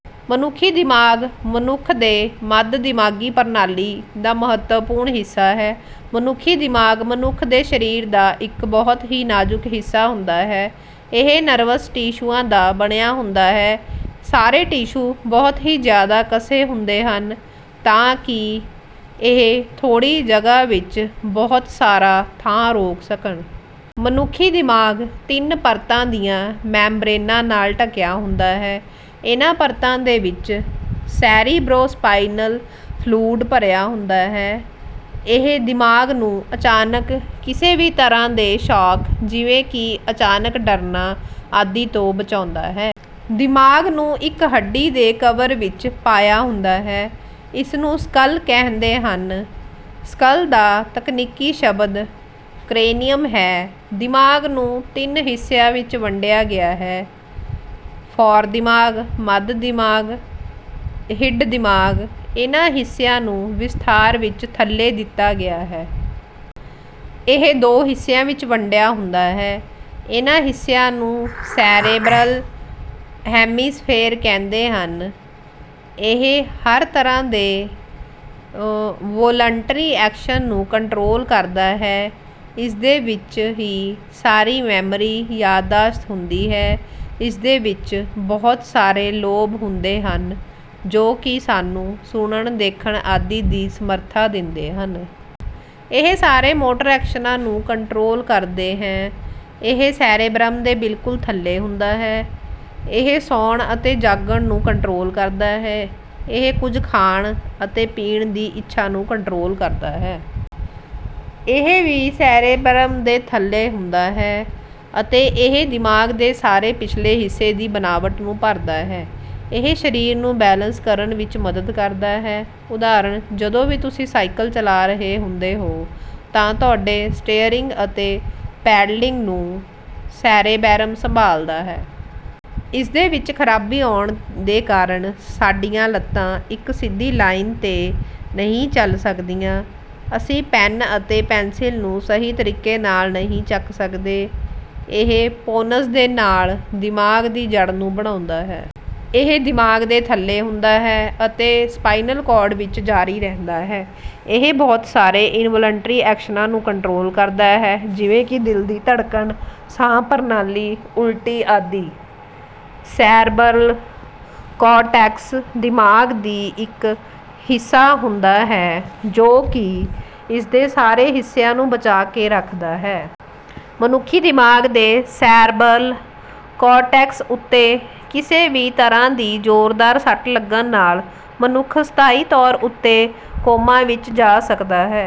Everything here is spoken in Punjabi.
ਮਨੁੱਖੀ ਦਿਮਾਗ ਮਨੁੱਖ ਦੇ ਮੱਧ ਦਿਮਾਗੀ ਪ੍ਰਣਾਲੀ ਦਾ ਮਹਤਵਪੂਰਣ ਹਿੱਸਾ ਹੈ। ਮਨੁੱਖੀ ਦਿਮਾਗ ਮਨੁਖ ਦੇ ਸਰੀਰ ਦਾ ਇੱਕ ਬਹੁਤ ਹੀ ਨਾਜ਼ੁਕ ਹਿੱਸਾ ਹੁੰਦਾ ਹੈ। ਇਹ ਨਰਵਸ ਟਿਸ਼ੂਆਂ ਦਾ ਬਣਿਆ ਹੁੰਦਾ ਹੈ। ਸਾਰੇ ਟਿਸ਼ੂ ਬਹੁਤ ਹੀ ਜਿਆਦਾ ਕਸੇ ਹੁੰਦੇ ਹਨ ਤਾਂ ਕਿ ਇਹ ਥੋੜੀ ਜਗਹ ਵਿੱਚ ਬਹੁਤ ਸਾਰਾ ਥਾਂ ਰੋਕ ਸਕਣ. ਮਨੁੱਖੀ ਦਿਮਾਗ ਤਿੰਨ ਪਰਤਾਂ ਦੀਆਂ ਮੈਮਬ੍ਰੇਨਾਂ ਨਾਲ ਢਕਿਆ ਹੁੰਦਾ ਹੈ। ਇਹਨਾਂ ਪਰਤਾਂ ਦੇ ਵਿੱਚ ਸੇਰੀਬਰੋਸਪਾਇਨਲ ਫਲੂਡ ਭਰਿਆ ਹੁੰਦਾ ਹੈ। ਇਹ ਦਿਮਾਗ ਨੂੰ ਅਚਾਨਕ ਕਿਸੇ ਵੀ ਤਰਾਂ ਦੇ ਸ਼ਾਕ ਜਿਵੇਂ ਕਿ ਅਚਾਨਕ ਡਰਨਾ, ਆਦਿ ਤੋਂ ਬਚਾਉਂਦਾ ਹੈ। ਦਿਮਾਗ ਨੂੰ ਇੱਕ ਹੱਡੀ ਦੇ ਕਵਰ ਵਿੱਚ ਪਾਇਆ ਹੁੰਦਾ ਹੈ, ਇਸਨੂੰ ਸਕੱਲ ਕਿਹੰਦੇ ਹਨ। ਸਕੱਲ ਦਾ ਤਕਨੀਕੀ ਸ਼ਬਦ ਕਰੇਨੀਅਮ ਹੈ। ਦਿਮਾਗ ਨੂੰ ਤਿੰਨ ਹਿੱਸਿਆਂ ਵਿੱਚ ਵੰਡਿਆ ਗਿਆ ਹੈ – ਫ਼ੋਰਦਿਮਾਗ, ਮੱਧਦਿਮਾਗ, ਹਿੰਡਦਿਮਾਗ. ਇਹਨਾਂ ਹਿੱਸਿਆਂ ਨੂੰ ਵਿਸਥਾਰ ਵਿੱਚ ਥੱਲੇ ਦਿੱਤਾ ਗਿਆ ਹੈ। ਇਹ ਦੋ ਹਿੱਸਿਆਂ ਵਿੱਚ ਵੰਡਿਆ ਹੁੰਦਾ ਹੈ। ਇਹਨਾਂ ਹਿੱਸਿਆਂ ਨੂੰ ਸੇਰੇਬਰਲ ਹੈਮੀਸਫੇਰ ਕਿਹੰਦੇ ਹਨ। ਇਹ ਹਰ ਤਰਾਂ ਦੇ ਵੋਲਲੰਟਰੀ ਐਕਸ਼ਨ ਨੂੰ ਕੰਟ੍ਰੋਲ ਕਰਦਾ ਹੈ। ਇਸਦੇ ਵਿੱਚ ਹੀ ਸਾਰੀ ਮੈਮਰੀ/ ਯਾਦਾਸ਼ਤ ਹੁੰਦੀ ਹੈ। ਇਸਦੇ ਵਿੱਚ ਬਹੁਤ ਸਾਰੇ ਲੋਬ ਹੁੰਦੇ ਹਨ ਜੋ ਕਿ ਸਾਨੂੰ ਸੁਣਨ, ਦੇਖਣ, ਆਦਿ ਦੀ ਸਮਰਥਾ ਦਿੰਦੇ ਹਨ। ਇਹ ਸਾਰੇ ਮੋਟਰ ਐਕਸ਼ਨਾਂ ਨੂੰ ਕੰਟ੍ਰੋਲ ਕਰਦੇ ਹੈ। ਇਹ ਸੇਰੇਬਰਮ ਦੇ ਬਿਲਕੁਲ ਥੱਲੇ ਹੁੰਦਾ ਹੈ। ਇਹ ਸੌਂਣ ਅਤੇ ਜਾਗਣ ਨੂੰ ਕੰਟ੍ਰੋਲ ਕਰਦਾ ਹੈ। ਇਹ ਕੁੱਝ ਖਾਣ ਅਤੇ ਪੀਣ ਦੀ ਇੱਛਾ ਨੂੰ ਕੰਟ੍ਰੋਲ ਕਰਦਾ ਹੈ। ਇਹ ਵੀ ਸੇਰੇਬਰਮ ਦੇ ਥੱਲੇ ਹੁੰਦਾ ਹੈ ਅਤੇ ਇਹ ਦਿਮਾਗ ਦੇ ਸਾਰੇ ਪਿਛਲੇ ਹਿੱਸੇ ਦੀ ਬਨਾਵਟ ਨੂੰ ਭਰਦਾ ਹੈ। ਇਹ ਸਰੀਰ ਨੂੰ ਬੈਲਸ ਕਰਨ ਵਿੱਚ ਮਦਦ ਕਰਦਾ ਹੈ। ਉਦਹਾਰਣ: ਜਦੋਂ ਵੀ ਤੁਸੀਂ ਸਾਈਕਲ ਚਲਾ ਰਹੇ ਹੁੰਦੇ ਹੋ, ਤਾਂ ਤੁਹਾਡੇ ਸਟੀਅਰਰਿੰਗ ਅਤੇ ਪੈਡਲਿੰਗ ਨੂੰ ਸੇਰੇਬੈਰਮ ਸੰਭਾਲਦਾ ਹੈ। ਇਸਦੇ ਵਿੱਚ ਖਰਾਬੀ ਆਉਣ ਦੇ ਕਾਰਨ ਸਾਡੀਆਂ ਲੱਤਾਂ ਇੱਕ ਸਿੱਧੀ ਲਾਇਨ 'ਤੇ ਨਹੀਂ ਚੱਲ ਸਕਦੀਆਂ। ਅਸੀਂ ਪੈਨ ਅਤੇ ਪੈਨਸਿਲ ਨੂੰ ਸਹੀ ਤਰੀਕੇ ਨਾਲ ਨਹੀਂ ਚੱਕ ਸਕਦੇ। ਇਹ ਪੋਨਸ ਦੇ ਨਾਲ ਦਿਮਾਗ ਦੀ ਜੜ੍ਹ ਨੂੰ ਬਣਾਉਂਦਾ ਹੈ। ਇਹ ਦਿਮਾਗ ਦੇ ਥੱਲੇ ਹੁੰਦਾ ਹੈ ਅਤੇ ਸਪਾਈਨਲ ਕੋਰਡ ਵਿੱਚ ਜਾਰੀ ਰਹਿੰਦਾ ਹੈ। ਇਹ ਬਹੁਤ ਸਾਰੇ ਇਨਵੋਲੰਟਰੀ ਐਕਸ਼ਨਾਂ ਨੂੰ ਕੰਟ੍ਰੋਲ ਕਰਦਾ ਹੈ ਜਿਵੇਂ ਕਿ ਦਿਲ ਦੀ ਧੜਕਨ, ਸਾਹ ਪ੍ਰਕਿਰਿਆ, ਉਲਟੀ, ਆਦਿ। ਸੈਰਬਰਲ ਕੋਰਟੈਕਸ ਦਿਮਾਗ ਦੀ ਇੱਕ ਹਿੱਸਾ ਹੁੰਦਾ ਹੈ ਜੋ ਕੀ ਇਸਦੇ ਸਾਰੇ ਹਿੱਸਿਆਂ ਨੂੰ ਬਚਾ ਕੇ ਰੱਖਦਾ ਹੈ। ਮਨੁੱਖੀ ਦਿਮਾਗ ਦੇ ਸੈਰਬਰਲ ਕੋਰਟੈਕਸ ਉੱਤੇ ਕਿਸੇ ਵੀ ਤਰਾਂ ਦੀ ਜੋਰਦਾਰ ਸੱਟ ਲੱਗਣ ਨਾਲ ਮਨੁੱਖ ਸਥਾਈ ਤੌਰ ਉੱਤੇ ਕੋਮਾ ਵਿੱਚ ਜਾ ਸਕਦਾ ਹੈ।